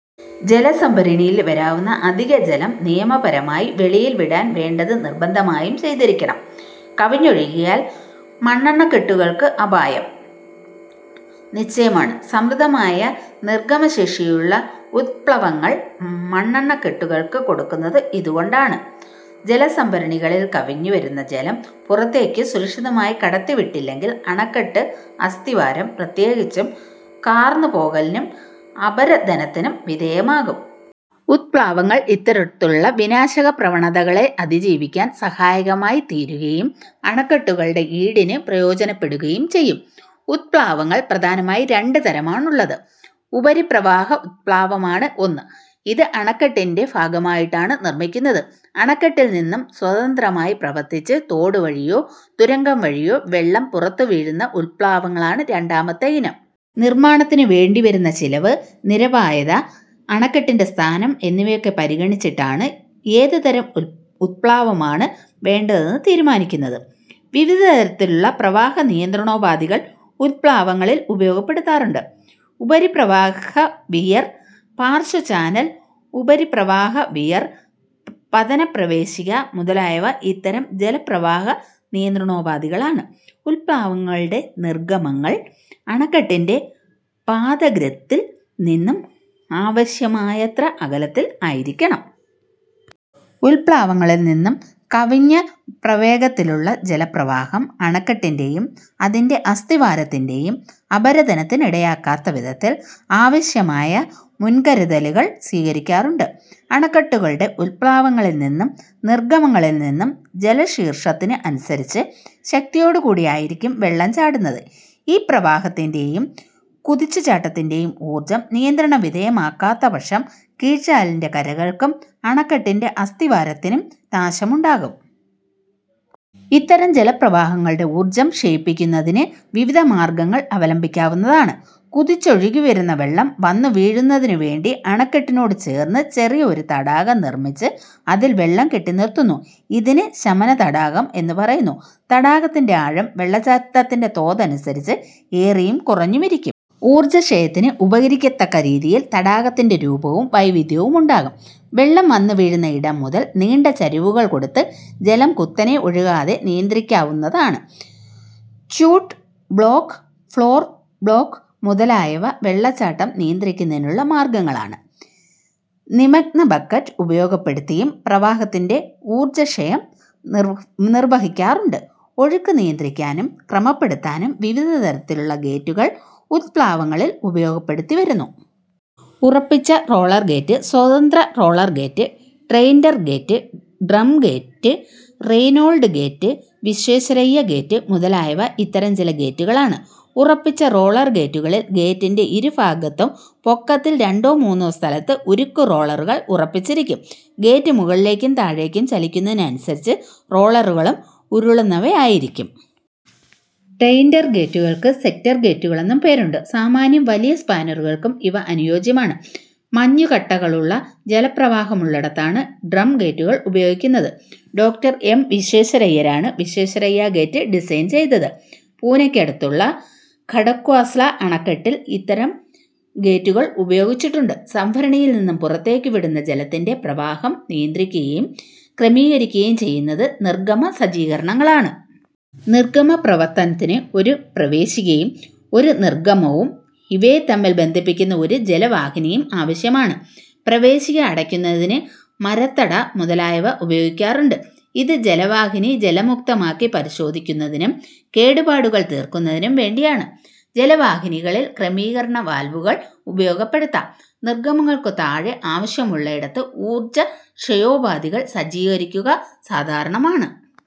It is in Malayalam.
ജലസംഭരണിയിൽ വരാവുന്ന അധിക ജലം നിരപായമായി വെളിയിൽ വിടാൻ വേണ്ടത് നിർബന്ധമായും ചെയ്തിരിയ്ക്കണം. കവിഞ്ഞൊഴുകിയാൽ മണ്ണണക്കെട്ടുകൾക്ക് അപായം നിശ്ചയമാണ്. സമൃദ്ധമായ നിർഗ്ഗമ ശേഷിയുള്ള ഉത്പ്ളാവങ്ങൾ മണ്ണണക്കെട്ടുകൾക്കു കൊടുക്കുന്നത് ഇതുകൊണ്ടാണ്. ജലസംഭരണികളിൽ കവിഞ്ഞു വരുന്ന ജലം പുറത്തേക്കു സുരക്ഷിതമായി കടത്തി വിട്ടില്ലെങ്കിൽ അണക്കെട്ട്, അസ്ഥിവാരം പ്രത്യേകിച്ചും, കാർന്നു പോകലിനും അപരദനത്തിനും വിധേയമാകും. ഉത്പ്ളാവങ്ങൾ ഇത്തരത്തിലുള്ള വിനാശക പ്രവണതകളെ അതിജീവിക്കാൻ സഹായകമായി തീരുകയും അണക്കെട്ടുകളുടെ ഈടിന് പ്രയോജനപ്പെടുകയും ചെയ്യും. ഉത്പ്ളാവങ്ങൾ പ്രധാനമായി രണ്ടു തരമാണുള്ളത്. ഉപരിപ്രവാഹ ഉത്പ്ളാവമാണ് ഒന്ന്. ഇത് അണക്കെട്ടിന്റെ ഭാഗമായിട്ടാണ് നിർമ്മിക്കുന്നത്. അണക്കെട്ടിൽനിന്നും സ്വതന്ത്രമായി പ്രവർത്തിച്ച് തോടു വഴിയോ തുരങ്കം വഴിയോ വെള്ളം പുറത്തു വിടുന്ന ഉത്പ്ളാവങ്ങളാണ് രണ്ടാമത്തെ ഇനം. നിർമ്മാണത്തിനു വേണ്ടിവരുന്ന ചിലവ്, നിരപായത, അണക്കെട്ടിന്റെ സ്ഥാനം എന്നിവയൊക്കെ പരിഗണിച്ചിട്ടാണ് ഏതു തരം ഉത്പ്ളാവമാണ് വേണ്ടതെന്ന് തീരുമാനിക്കുന്നത്. വിവിധ തരത്തിലുള്ള പ്രവാഹ നിയന്ത്രണോപാധികൾ ഉത്പ്ളാവങ്ങളിൽ ഉപയോഗപ്പെടുത്താറുണ്ട്. 'ഉപരിപ്രവാഹവിയർ', 'പാർശ്വ ചാനൽ ഉപരിപ്രവാഹ വിയർ', 'പതന പ്രവേശിക' മുതലായവ ഇത്തരം ജലപ്രവാഹ നിയന്ത്രണോപാധികളാണ്. ഉത്പ്ളാവങ്ങളുടെ നിർഗ്ഗമങ്ങൾ അണക്കെട്ടിന്റെ പാദാഗ്രത്തിൽ നിന്നും ആവശ്യമായത്ര അകലത്തിൽ ആയിരിക്കണം. ഉത്പ്ളാവങ്ങളിൽ നിന്നും കവിഞ്ഞ പ്രവേഗത്തിലുള്ള ജല പ്രവാഹം അണക്കെട്ടിന്റെയും അതിന്റെ അസ്ഥിവാരത്തിന്റെയും അപരദനത്തിനിടയാകാത്ത വിധത്തിൽ ആവശ്യമായ മുൻകരുതലുകൾ സ്വീകരിക്കാറുണ്ട്. അണക്കെട്ടുകളുടെ ഉത്പ്ളാവങ്ങളിൽ നിന്നും നിർഗ്ഗമങ്ങളിൽ നിന്നും ജലശീർഷത്തിന് അനുസരിച്ച് ശക്തിയോടു കൂടിയായിരിക്കും വെള്ളം ചാടുന്നത്. ഈ പ്രവാഹത്തിന്റെയും, കുതിച്ചു ചാട്ടത്തിന്റെയും ഊർജ്ജം നിയന്ത്രണ വിധേയമാക്കാത്ത പക്ഷം കീഴ്ചാലിന്റെ കരകൾക്കും അണക്കെട്ടിന്റെ അസ്ഥിവാരത്തിനും നാശമുണ്ടാകും. ഇത്തരം ജലപ്രവാഹങ്ങളുടെ ഊർജ്ജം ക്ഷയിപ്പിക്കുന്നതിന് വിവിധ മാർഗ്ഗങ്ങൾ അവലംബിക്കാവുന്നതാണ്. കുതിച്ചൊഴുകി വരുന്ന വെള്ളം വന്നു വീഴുന്നതിനു വേണ്ടി അണക്കെട്ടിനോടു ചേർന്ന് ചെറിയ ഒരു തടാകം നിർമ്മിച്ച് അതിൽ വെള്ളം കെട്ടി നിർത്തുന്നു. ഇതിന് 'ശമന തടാകം' എന്നു പറയുന്നു. തടാകത്തിന്റെ ആഴം വെള്ളച്ചാട്ടത്തിന്റെ തോതനുസരിച്ച് ഏറിയും കുറഞ്ഞുമിരിക്കും. ഊർജക്ഷയത്തിന് ഉപകരിക്കത്തക്ക രീതിയിൽ തടാകത്തിന്റെ രൂപത്തിലും വൈവിദ്ധ്യമുണ്ടാകും. വെള്ളം വന്നു വീഴുന്ന ഇടം മുതൽ നീണ്ട ചരിവുകൾ കൊടുത്ത് ജലം കുത്തനെ ഒഴുകാതെ നിയന്ത്രിക്കാവുന്നതാണ്. ച്യൂട്ട് ബ്ളോക്ക്, ഫ്ളോർ ബ്ളോക്ക് മുതലായവ വെള്ളച്ചാട്ടം നിയന്ത്രിക്കുന്നതിനുള്ള മാർഗ്ഗങ്ങളാണ്. 'നിമഗ്നബക്കറ്റ്' ഉപയോഗപ്പെടുത്തിയും പ്രവാഹത്തിന്റെ ഊർജ്ജ ക്ഷയം നിർവ്വഹിക്കാറുണ്ട്. ഒഴുക്ക് നിയന്ത്രിക്കാനും ക്രമപ്പെടുത്താനും വിവിധ തരത്തിലുള്ള ഗേറ്റുകൾ ഉത്പ്ളാവങ്ങളിൽ ഉപയോഗപ്പെടുത്തി വരുന്നു. ഉറപ്പിച്ച റോളർ ഗേറ്റ്, സ്വതന്ത്ര roller gate, Tainter gate, drum gate, Reynold gate, Visvesvaraya gate മുതലായവ ഇത്തരം ചില ഗേറ്റുകളാണ്. ഉറപ്പിച്ച റോളർ ഗേറ്റുകളിൽ ഗേറ്റിന്റെ ഇരു ഭാഗത്തും പൊക്കത്തിൽ രണ്ടോ മൂന്നോ സ്ഥലത്ത് ഉരുക്കു റോളറുകൾ ഉറപ്പിച്ചിരിക്കും. ഗേറ്റ് മുകളിലേക്കും താഴത്തേക്കും ചലിക്കുന്നതിന് അനുസരിച്ച് റോളറുകളും ഉരുളുന്നവയായിരിക്കും. ടെയിന്റർ ഗേറ്റുകൾക്ക് സെക്ടർ ഗേറ്റുകളെന്നും പേരുണ്ട്. സാമാന്യം വലിയ സ്പാനുകൾക്കും ഇവ അനുയോജ്യമാണ്. മഞ്ഞു കട്ടകളുള്ള ജലപ്രവാഹമുള്ളിടത്താണ് ഡ്രംഗേറ്റുകൾ ഉപയോഗിക്കുന്നത്. ഡോ. എം. വിശ്വേശ്വരയ്യയാണ് വിശ്വേശ്വരയ്യ ഗേറ്റ് ഡിസൈൻ ചെയ്തത്. പൂനയ്ക്കടുത്തുള്ള ഖഡക്വാസ്ല അണക്കെട്ടിൽ ഇത്തരം ഗേറ്റുകൾ ഉപയോഗിച്ചിട്ടുണ്ട്. സംഭരണിയിൽ നിന്നും പുറത്തേക്കു വിടുന്ന ജലത്തിന്റെ പ്രവാഹം നിയന്ത്രിക്കുകയും ക്രമീകരിക്കുകയും ചെയ്യുന്നത് നിർഗ്ഗമ സജ്ജീകരണങ്ങളാണ്. നിർഗ്ഗമ പ്രവർത്തനത്തിന് ഒരു പ്രവേശിക യും, ഒരു നിർഗ്ഗമ വും ഇവയെ തമ്മിൽ ബന്ധിക്കുന്ന ഒരു ജലവാഹിനിയും ആവശ്യമാണ്. പ്രവേശിക അടയ്ക്കുന്നതിന് 'മരത്തട' മുതലായവ ഉപയോഗിക്കാറുണ്ട്. ഇത് ജലവാഹിനി ജലമുക്തമാക്കി പരിശോധിക്കുന്നതിനും കേടുപാടുകൾ തീർക്കുന്നതിനും വേണ്ടിയാണ്. ജലവാഹിനികളിൽ ക്രമീകരണ വാൽവുകൾ ഉപയോഗപ്പെടുത്താം. നിർഗ്ഗമങ്ങൾക്കു താഴെ ആവശ്യമുള്ളിടത്ത് ഊർജ്ജക്ഷയോപാധികൾ സജ്ജീകരിക്കുക സാധാരണമാണ്.